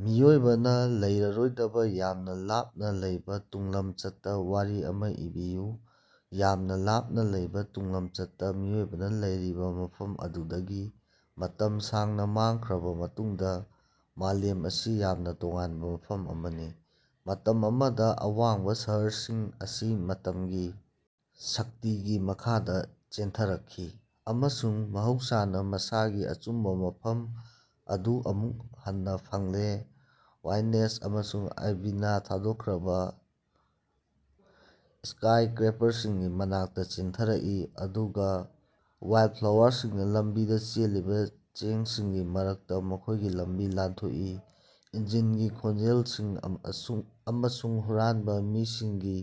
ꯃꯤꯑꯣꯏꯕꯅ ꯂꯩꯔꯔꯣꯏꯗꯕ ꯌꯥꯝꯅ ꯂꯥꯞꯅ ꯂꯩꯕ ꯇꯨꯡꯂꯝꯆꯠꯇ ꯋꯥꯔꯤ ꯑꯃ ꯏꯕꯤꯌꯨ꯫ ꯌꯥꯝꯅ ꯂꯥꯞꯅ ꯂꯩꯕ ꯇꯨꯡꯂꯝꯆꯠꯇ ꯃꯤꯑꯣꯏꯕꯅ ꯂꯩꯔꯤꯕ ꯃꯐꯝ ꯑꯗꯨꯗꯒꯤ ꯃꯇꯝ ꯁꯥꯡꯅ ꯃꯥꯡꯈ꯭ꯔꯕ ꯃꯇꯨꯡꯗ ꯃꯥꯂꯦꯝ ꯑꯁꯤ ꯌꯥꯝꯅ ꯇꯣꯉꯥꯟꯕ ꯃꯐꯝ ꯑꯃꯅꯤ꯫ ꯃꯇꯝ ꯑꯃꯗ ꯑꯋꯥꯡꯕ ꯁꯍꯔꯁꯤꯡ ꯑꯁꯤ ꯃꯇꯝꯒꯤ ꯁꯛꯇꯤꯒꯤ ꯃꯈꯥꯗ ꯆꯦꯟꯊꯔꯛꯈꯤ ꯑꯃꯁꯨꯡ ꯃꯍꯧꯁꯥꯅ ꯃꯁꯥꯒꯤ ꯑꯆꯨꯝꯕ ꯃꯐꯝ ꯑꯗꯨ ꯑꯃꯨꯛ ꯍꯟꯅ ꯐꯪꯂꯦ꯫ ꯋꯥꯏꯅꯦꯁ ꯑꯃꯁꯨꯡ ꯑꯥꯏꯚꯤꯅꯥ ꯊꯥꯗꯣꯛꯈ꯭ꯔꯕ ꯁ꯭ꯀꯥꯏꯁꯀ꯭ꯔꯦꯄꯔꯁꯤꯡꯒꯤ ꯃꯅꯥꯛꯇ ꯆꯦꯟꯊꯔꯛꯏ ꯑꯗꯨꯒ ꯋꯥꯏꯜꯗꯐ꯭ꯂꯥꯋꯔꯁꯤꯡꯅ ꯂꯝꯕꯤꯗ ꯆꯦꯜꯂꯤꯕ ꯆꯦꯡꯁꯤꯡꯒꯤ ꯃꯔꯛꯇ ꯃꯈꯣꯏꯒꯤ ꯂꯝꯕꯤ ꯂꯥꯟꯊꯣꯛꯏ꯫ ꯏꯟꯖꯤꯟꯒꯤ ꯈꯣꯟꯖꯦꯜꯁꯤꯡ ꯑꯃꯁꯨꯡ ꯍꯨꯔꯥꯟꯕ ꯃꯤꯁꯤꯡꯒꯤ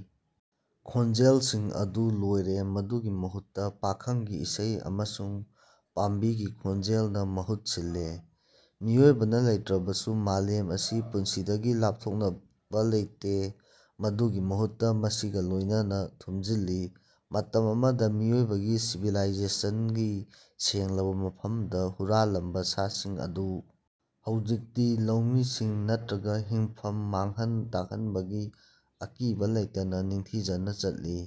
ꯈꯣꯟꯖꯦꯜꯁꯤꯡ ꯑꯗꯨ ꯂꯣꯏꯔꯦ꯫ ꯃꯗꯨꯒꯤ ꯃꯍꯨꯠꯇ ꯄꯥꯈꯪꯒꯤ ꯏꯁꯩ ꯑꯃꯁꯨꯡ ꯄꯥꯝꯕꯤꯒꯤ ꯈꯣꯟꯖꯦꯜꯅ ꯃꯍꯨꯠ ꯁꯤꯜꯂꯦ꯫ ꯃꯤꯑꯣꯏꯕꯅ ꯂꯩꯇ꯭ꯔꯕꯁꯨ ꯃꯥꯂꯦꯝ ꯑꯁꯤ ꯄꯨꯟꯁꯤꯗꯒꯤ ꯂꯥꯞꯊꯣꯛꯂꯕ ꯅꯠꯇꯦ꯫ ꯃꯗꯨꯒꯤ ꯃꯍꯨꯠꯇ ꯃꯁꯤꯒ ꯂꯣꯏꯅꯅ ꯊꯨꯝꯖꯤꯜꯂꯤ꯫ ꯃꯇꯝ ꯑꯃꯗ ꯃꯤꯑꯣꯏꯕꯒꯤ ꯁꯤꯚꯤꯂꯥꯏꯖꯦꯁꯟꯒꯤ ꯁꯦꯡꯂꯕ ꯃꯐꯝꯗ ꯍꯨꯔꯥꯟꯂꯝꯕ ꯁꯥꯁꯤꯡ ꯑꯗꯨ ꯍꯧꯖꯤꯛꯇꯤ ꯂꯧꯃꯤꯁꯤꯡ ꯅꯠꯇ꯭ꯔꯒ ꯍꯤꯡꯐꯝ ꯃꯥꯡꯍꯟ ꯇꯥꯛꯍꯟꯕꯒꯤ ꯑꯀꯤꯕ ꯂꯩꯇꯅ ꯅꯤꯡꯊꯤꯖꯅ ꯆꯠꯂꯤ꯫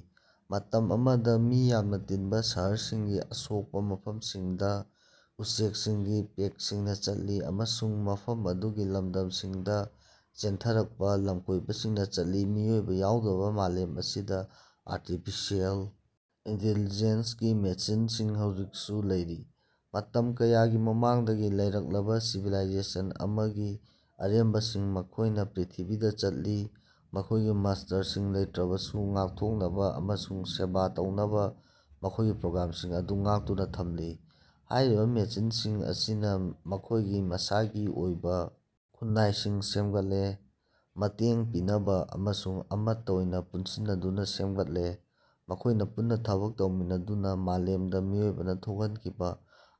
ꯃꯇꯝ ꯑꯃꯗ ꯃꯤ ꯌꯥꯝꯅ ꯇꯤꯟꯕ ꯁꯍꯔꯁꯤꯡꯒꯤ ꯑꯁꯣꯛꯄ ꯃꯐꯝꯁꯤꯡꯗ ꯎꯆꯦꯛꯁꯤꯡꯒꯤ ꯄꯦꯛꯁꯤꯡꯅ ꯆꯠꯂꯤ ꯑꯃꯁꯨꯡ ꯃꯐꯝ ꯑꯗꯨꯒꯤ ꯂꯝꯗꯝꯁꯤꯡꯗ ꯆꯦꯟꯊꯔꯛꯄ ꯂꯝꯀꯣꯏꯕꯁꯤꯡꯅ ꯆꯠꯂꯤ꯫ ꯃꯤꯑꯣꯏꯕ ꯌꯥꯎꯗꯕ ꯃꯥꯂꯦꯝ ꯑꯁꯤꯗ ꯑꯥꯔꯇꯤꯐꯤꯁꯤꯌꯦꯜ ꯏꯟꯇꯦꯂꯤꯖꯦꯟꯁ ꯀꯤ ꯃꯦꯁꯤꯟꯁꯤꯡ ꯍꯧꯖꯤꯛꯁꯨ ꯂꯩꯔꯤ꯫ ꯃꯇꯝ ꯀꯌꯥꯒꯤ ꯃꯃꯥꯡꯗꯒꯤ ꯂꯩꯔꯛꯂꯕ ꯁꯤꯚꯤꯂꯥꯏꯖꯦꯁꯟ ꯑꯃꯒꯤ ꯑꯔꯦꯝꯕꯁꯤꯡ, ꯃꯈꯣꯌꯅ ꯄ꯭ꯔꯤꯊꯤꯕꯤꯗ ꯆꯠꯂꯤ, ꯃꯈꯣꯏꯒꯤ ꯃꯥꯁ꯭ꯇꯔꯁꯤꯡ ꯂꯩꯇ꯭ꯔꯕꯁꯨ ꯉꯥꯛꯊꯣꯛꯅꯕ ꯑꯃꯁꯨꯡ ꯁꯦꯕꯥ ꯇꯧꯅꯕ ꯃꯈꯣꯏꯒꯤ ꯄ꯭ꯔꯣꯒ꯭ꯔꯥꯝꯁꯤꯡ ꯑꯗꯨ ꯉꯥꯛꯇꯨꯅ ꯊꯝꯂꯤ꯫ ꯍꯥꯏꯔꯤꯕ ꯃꯦꯁꯤꯟꯁꯤꯡ ꯑꯁꯤꯅ ꯃꯈꯣꯏꯒꯤ ꯃꯁꯥꯒꯤ ꯑꯣꯏꯕ ꯈꯨꯟꯅꯥꯏꯁꯤꯡ ꯁꯦꯝꯒꯠꯂꯦ꯫ ꯃꯇꯦꯡ ꯄꯤꯅꯕ ꯑꯃꯁꯨꯡ ꯑꯃꯠꯇ ꯑꯣꯏꯅ ꯄꯨꯟꯁꯤꯟꯅꯗꯨꯅ ꯁꯦꯝꯒꯠꯂꯦ꯫ ꯃꯈꯣꯏꯅ ꯄꯨꯟꯅ ꯊꯕꯛ ꯇꯧꯃꯤꯟꯅꯗꯨꯅ ꯃꯥꯂꯦꯝꯗ ꯃꯤꯑꯣꯏꯕꯅ ꯊꯣꯛꯍꯟꯈꯤꯕ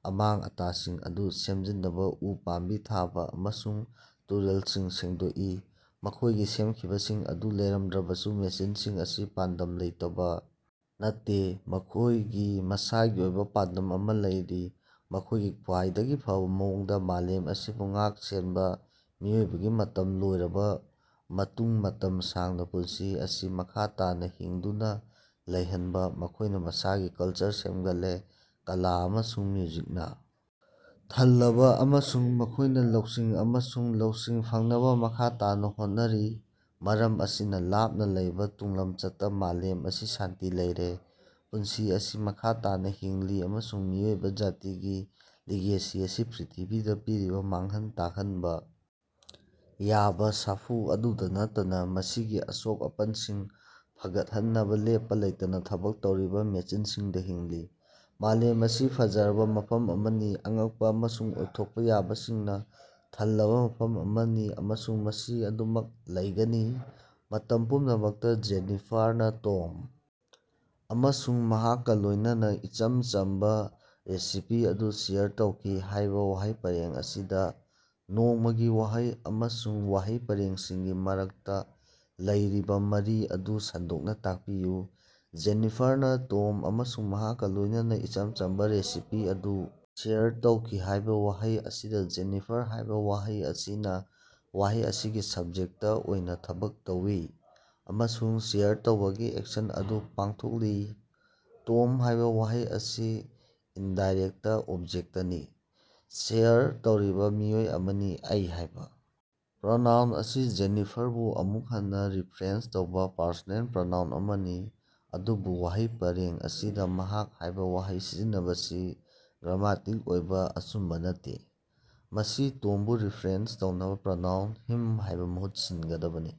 ꯑꯃꯥꯡ-ꯑꯇꯥꯁꯤꯡ ꯑꯗꯨ ꯁꯦꯝꯖꯤꯟꯅꯕ, ꯎ ꯄꯥꯝꯕꯤ ꯊꯥꯕ ꯑꯃꯁꯨꯡ ꯇꯨꯔꯦꯜꯁꯤꯡ ꯁꯦꯡꯗꯣꯛꯏ꯫ ꯃꯈꯣꯏꯒꯤ ꯁꯦꯝꯈꯤꯕꯁꯤꯡ ꯑꯗꯨ ꯂꯩꯔꯝꯗ꯭ꯔꯕꯁꯨ ꯃꯦꯁꯤꯟꯁꯤꯡ ꯑꯁꯤ ꯄꯥꯟꯗꯝ ꯂꯩꯇꯕ ꯅꯠꯇꯦ꯫ ꯃꯈꯣꯏꯒꯤ ꯃꯁꯥꯒꯤ ꯑꯣꯏꯕ ꯄꯥꯟꯗꯝ ꯑꯃ ꯂꯩꯔꯤ: ꯃꯈꯣꯏꯒꯤ ꯈ꯭ꯋꯥꯏꯗꯒꯤ ꯐꯕ ꯃꯑꯣꯡꯗ ꯃꯥꯂꯦꯝ ꯑꯁꯤꯕꯨ ꯉꯥꯛ-ꯁꯦꯟꯕ, ꯃꯤꯑꯣꯏꯕꯒꯤ ꯃꯇꯝ ꯂꯣꯏꯔꯕ ꯃꯇꯨꯡ ꯃꯇꯝ ꯁꯥꯡꯅ ꯄꯨꯟꯁꯤ ꯑꯁꯤ ꯃꯈꯥ ꯇꯥꯅ ꯍꯤꯡꯗꯨꯅ ꯂꯩꯍꯟꯕ, ꯃꯈꯣꯏꯅ ꯃꯁꯥꯒꯤ ꯀꯜꯆꯔ ꯁꯦꯝꯒꯠꯂꯦ, ꯀꯂꯥ ꯑꯃꯁꯨꯡ ꯃ꯭ꯌꯨꯖꯤꯛꯅ ꯊꯜꯂꯕ ꯑꯃꯁꯨꯡ ꯃꯈꯣꯏꯅ ꯂꯧꯁꯤꯡ ꯑꯃꯁꯨꯡ ꯂꯧꯁꯤꯡ ꯐꯪꯅꯕ ꯃꯈꯥ ꯇꯥꯅ ꯍꯣꯠꯅꯔꯤ꯫ ꯃꯔꯝ ꯑꯁꯤꯅ ꯂꯥꯞꯅ ꯂꯩꯕ ꯇꯨꯡꯂꯝꯆꯠꯇ ꯃꯥꯂꯦꯝ ꯑꯁꯤ ꯁꯥꯟꯇꯤ ꯂꯩꯔꯦ꯫ ꯄꯨꯟꯁꯤ ꯑꯁꯤ ꯃꯈꯥ ꯇꯥꯅ ꯍꯤꯡꯂꯤ ꯑꯃꯁꯨꯡ ꯃꯤꯑꯣꯏꯕ ꯖꯥꯇꯤꯒꯤ ꯂꯤꯒꯦꯁꯤ ꯑꯁꯤ ꯄ꯭ꯔꯤꯊꯤꯕꯤꯗ ꯄꯤꯔꯤꯕ ꯃꯥꯡꯍꯟ ꯇꯥꯛꯍꯟꯕ ꯌꯥꯕ ꯁꯥꯐꯨ ꯑꯗꯨꯗ ꯅꯠꯇꯅ ꯃꯁꯤꯒꯤ ꯑꯁꯣꯛ-ꯑꯄꯟꯁꯤꯡ ꯐꯒꯠꯍꯟꯅꯕ ꯂꯦꯞꯄ ꯂꯩꯇꯅ ꯊꯕꯛ ꯇꯧꯔꯤꯕ ꯃꯦꯁꯤꯟꯁꯤꯡꯗ ꯍꯤꯡꯂꯤ꯫ ꯃꯥꯂꯦꯝ ꯑꯁꯤ ꯐꯖꯔꯕ ꯃꯐꯝ ꯑꯃꯅꯤ꯫ ꯑꯉꯛꯄ ꯑꯃꯁꯨꯡ ꯑꯣꯏꯊꯣꯛꯄ ꯌꯥꯕꯁꯤꯡꯅ ꯊꯜꯂꯕ ꯃꯐꯝ ꯑꯃꯅꯤ ꯑꯃꯁꯨꯡ ꯃꯁꯤ ꯑꯗꯨꯃꯛ ꯂꯩꯒꯅꯤ ꯃꯇꯝ ꯄꯨꯝꯅꯃꯛꯇ꯫ "ꯖꯦꯅꯤꯐꯥꯔꯅ ꯇꯣꯝ ꯑꯃꯁꯨꯡ ꯃꯍꯥꯛꯀ ꯂꯣꯏꯅꯅ ꯏꯆꯝ ꯆꯝꯕ ꯔꯦꯁꯤꯄꯤ ꯑꯗꯨ ꯁꯦꯌꯔ ꯇꯧꯈꯤ" ꯍꯥꯏꯕ ꯋꯥꯍꯩ ꯄꯔꯦꯡ ꯑꯁꯤꯗ ꯅꯣꯡꯃꯒꯤ ꯋꯥꯍꯩ ꯑꯃꯁꯨꯡ ꯋꯥꯍꯩ ꯄꯔꯦꯡꯁꯤꯡꯒꯤ ꯃꯔꯛꯇ ꯂꯩꯔꯤꯕ ꯃꯔꯤ ꯑꯗꯨ ꯁꯟꯗꯣꯛꯅ ꯇꯥꯛꯄꯤꯌꯨ꯫ "ꯖꯦꯅꯤꯐꯥꯔꯅ ꯇꯣꯝ ꯑꯃꯁꯨꯡ ꯃꯍꯥꯛꯀ ꯂꯣꯏꯅꯅ ꯏꯆꯝ ꯆꯝꯕ ꯔꯦꯁꯤꯄꯤ ꯑꯗꯨ ꯁꯦꯌꯔ ꯇꯧꯈꯤ" ꯍꯥꯏꯕ ꯋꯥꯍꯩ ꯑꯁꯤꯗ 'ꯖꯦꯅꯤꯐꯥꯔ' ꯍꯥꯏꯕ ꯋꯥꯍꯩ ꯑꯁꯤꯅ ꯋꯥꯍꯩ ꯑꯁꯤꯒꯤ ꯁꯕꯖꯦꯛꯇ ꯑꯣꯏꯅ ꯊꯕꯛ ꯇꯧꯏ ꯑꯃꯁꯨꯡ ꯁꯦꯌꯔ ꯇꯧꯕꯒꯤ ꯑꯦꯛꯁꯟ ꯑꯗꯨ ꯄꯥꯡꯊꯣꯛꯂꯤ꯫ 'ꯇꯣꯝ' ꯍꯥꯏꯕ ꯋꯥꯍꯩ ꯑꯁꯤ ꯏꯟꯗꯥꯏꯔꯦꯛꯇ ꯑꯣꯕꯖꯦꯛꯇꯅꯤ, ꯁꯦꯌꯔ ꯇꯧꯔꯤꯕ ꯃꯤꯑꯣꯏ ꯑꯃꯅꯤ꯫ 'ꯑꯩ' ꯍꯥꯏꯕ ꯄ꯭ꯔꯣꯅꯥꯎꯟ ꯑꯁꯤ ꯖꯦꯅꯤꯐꯥꯔꯕꯨ ꯑꯃꯨꯛ ꯍꯟꯅ ꯔꯤꯐꯔꯦꯟꯁ ꯇꯧꯕ ꯄꯔꯁꯣꯅꯦꯜ ꯄ꯭ꯔꯣꯅꯥꯎꯟ ꯑꯃꯅꯤ꯫ ꯑꯗꯨꯕꯨ ꯋꯥꯍꯩ ꯄꯔꯦꯡ ꯑꯁꯤꯗ 'ꯃꯍꯥꯛ' ꯍꯥꯏꯕ ꯋꯥꯍꯩ ꯁꯤꯖꯤꯟꯅꯕꯁꯤ ꯒ꯭ꯔꯥꯃꯇꯤꯛ ꯑꯣꯏꯅ ꯑꯆꯨꯝꯕ ꯅꯠꯇꯦ꯫ ꯃꯁꯤ ꯇꯣꯝꯕꯨ ꯔꯤꯐꯔꯦꯟꯁ ꯇꯧꯅꯕ ꯄ꯭ꯔꯣꯅꯥꯎꯟ 'ꯍꯤꯝ' ꯍꯥꯏꯅ ꯃꯍꯨꯠ ꯁꯤꯟꯒꯗꯕꯅꯤ꯫